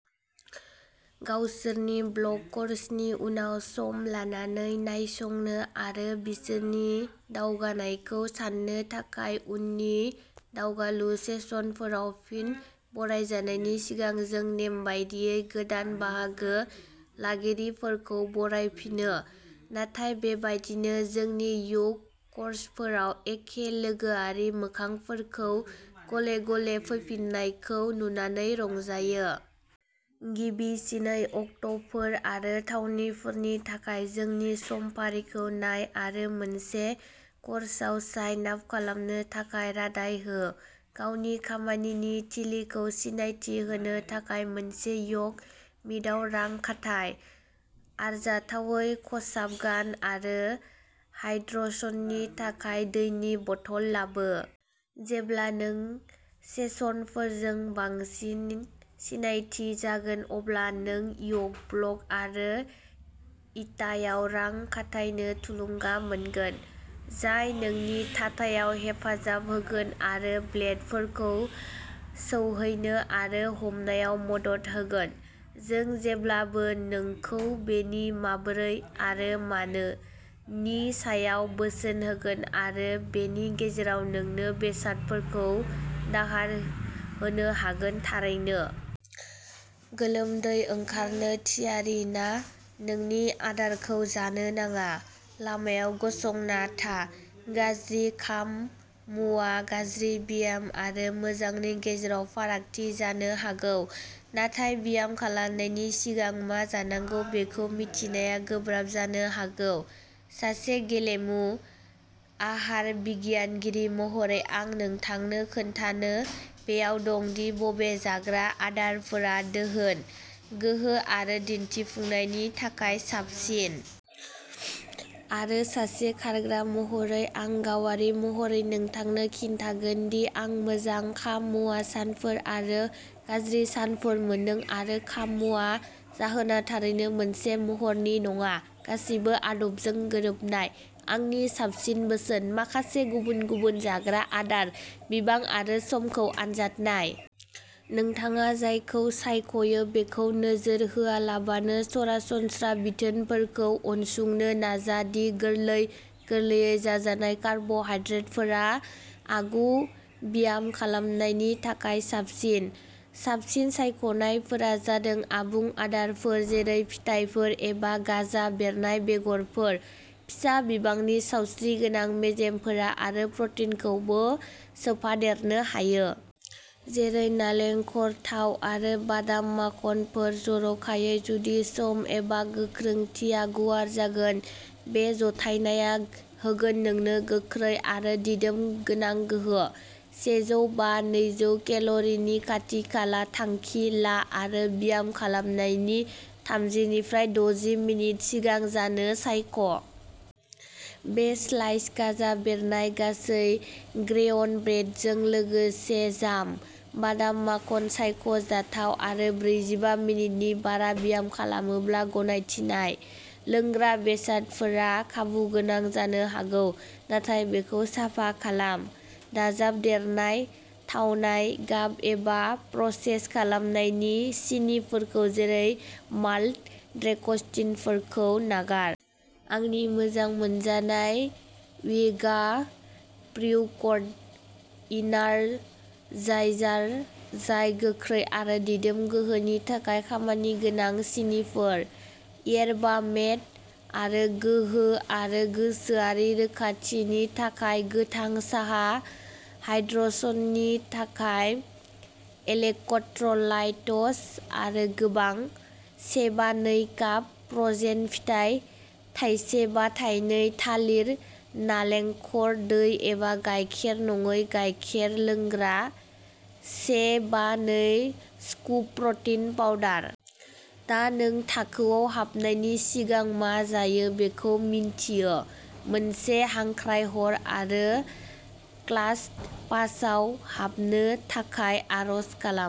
गावसोरनि ब्लक कर्सनि उनाव सम लानानै नायसंनो आरो बिसोरनि दावगानायखौ साननो थाखाय उननि दावगालु सेसनफोराव फिन बरायजानायनि सिगां जों नेमबादियै गोदान बाहागो लागिरिफोरखौ बरायफिनो। नाथाय बेबायदिनो जोंनि य'ग कर्सफोराव एखे लोगोआरि मोखांफोरखौ गले-गले फैफिन्नायखौ नुनानै रंजायो। गिबिसिनै अक्ट'फोर आरो थावनिफोरनि थाखाय जोंनि समफारिखौ नाय आरो मोनसे कर्सआव साइन आप खालामनो थाखाय रादाय हो। गावनि खामानि थिलिखौ सिनायथि होनो थाखाय मोनसे य'ग मेटआव रां खाथाय। आरजाथावै खसाब गान आरो हाइड्रेशननि थाखाय दैनि बथल लाबो। जेब्ला नों सेसनफोरजों बांसिन सिनायथि जागोन अब्ला नों य'ग ब्लक आरो इटायाव रां खाथायनो थुलुंगा मोनगोन, जाय नोंनि थाथायाव हेफाजाब होगोन आरो बेल्टफोरखौ सौहैनो आरो हमनायाव मदद होगोन। जों जेब्लाबो नोंखौ बेनि 'माबोरै' आरो 'मानो' नि सायाव बोसोन होगोन आरो बेनि गेजेराव नोंनो बेसादफोरखौ दाहार होनो हागोन, थारैनो। गोलोमदै ओंखारनो थियारि ना? नोंनि आदारखौ जानो नाङा। लामायाव गसंना था। गाज्रि खाम-मुवाआ गाज्रि ब्याम आरो मोजांनि गेजेराव फारागथि जानो हागौ। नाथाय ब्याम खालामनायनि सिगां मा जानांगौ बेखौ मिथिनाया गोब्राब जानो हागौ। सासे गेलेमु आहार बिगियानगिरि महरै आं नोंथांनो खोन्थानो बेयाव दं दि बबे जाग्रा आदारफोरा दोगोन, गोहो आरो दिन्थिफुंनायनि थाखाय साबसिन। आरो सासे खारग्रा महरै आं गावारि महरै नोंथांनो खिन्थागोन दि आं मोजां खाम-मुवा सानफोर आरो गाज्रि सानफोर मोनदों आरो खाम-मुवा जाहोना थारैनो मोनसे महरनि नङा, गासैबो आदबजों गोरोबनाय। आंनि साबसिन बोसोनः माखासे गुबुन-गुबुन जाग्रा आदार, बिबां आरो समखौ आनजाद नाय। नोंथाङा जायखौ सायख'यो बेखौ नोजोर होआलाबानो सरासनस्रा बिथोनफोरखौ उनसंनो नाजा दि गोरलै- गोरलैयै जाजानाय कार्बहाइड्रेटफोरा आगु ब्याम खालामनायनि थाखाय साबसिन। साबसिन सायख'नायफोरा जादों आबुं आदारफोर जेरै फिथाइफोर एबा गाजा बेरनाय बेगरफोर। फिसा बिबांनि सावस्रिगोनां मेजेमफोर आरो प्रटिनखौबो सोफादेरनो हायो। जेरै नालेंखर थाव आरो बादाम माखनफोर, जर'खायै जुदि सम एबा गोख्रोंथिया गुवार जागोन। बे जथायनाया होगोन नोंनो गोख्रै आरो दिदोम गोनां गोहो । सेजौ बा नैजौ केल'रिनि खाथि-खाला थांखि ला आरो ब्याम खालामनायनि थामजि निफ्राइ दजि मिनिट सिगां जानो सायख'। से स्लाइस गाजा बेरनाय गासै ग्रेइन ब्रेडजों लोगोसे जाम, बादाम माखन सायख'जाथाव आरो ब्रैजिबा मिनिटनि बारा ब्याम खालामोब्ला गनायथिनाय। लोंग्रा बेसादफोरा खाबुगोनां जानो हागौ, नाथाय बेखौ साफा खालाम। दाजाबदेरनाय थावनाय, गाब एबा प्रसेस खालामनाय सिनिफोर जेरै माल्ट'डेक्सट्रिनखौ नागार। आंनि मोजां मोनजानाय वेगा प्रीवकरट एनार्जाइजार, जाय गोख्रै आरो दिदोम गोहोनि थाखाय खामानिगोनां सिनिफोर, यरबा मेट आरो गोहो आरो गोसोआरि रोखाथिनि थाखाय गोथां साहा, हाइड्रेशननि थाखाय इलेक्ट्र'लाइट्स आरो गोबां। से बा नै काप फ्र'जेन फिथाइ, थाइसे बा थाइनै थालिर, नालेंखर दै एबा गायखेर-नङै गायखेर लोंग्रा, से बा नै स्कुप प्र'टिन पाउडार। दा नों थाखोयाव हाबनायनि सिगां मा जायो बेखौ मिन्थियो, मोनसे हांख्रायहर आरो क्लासपासआव हाबनो थाखाय आर'ज खालाम।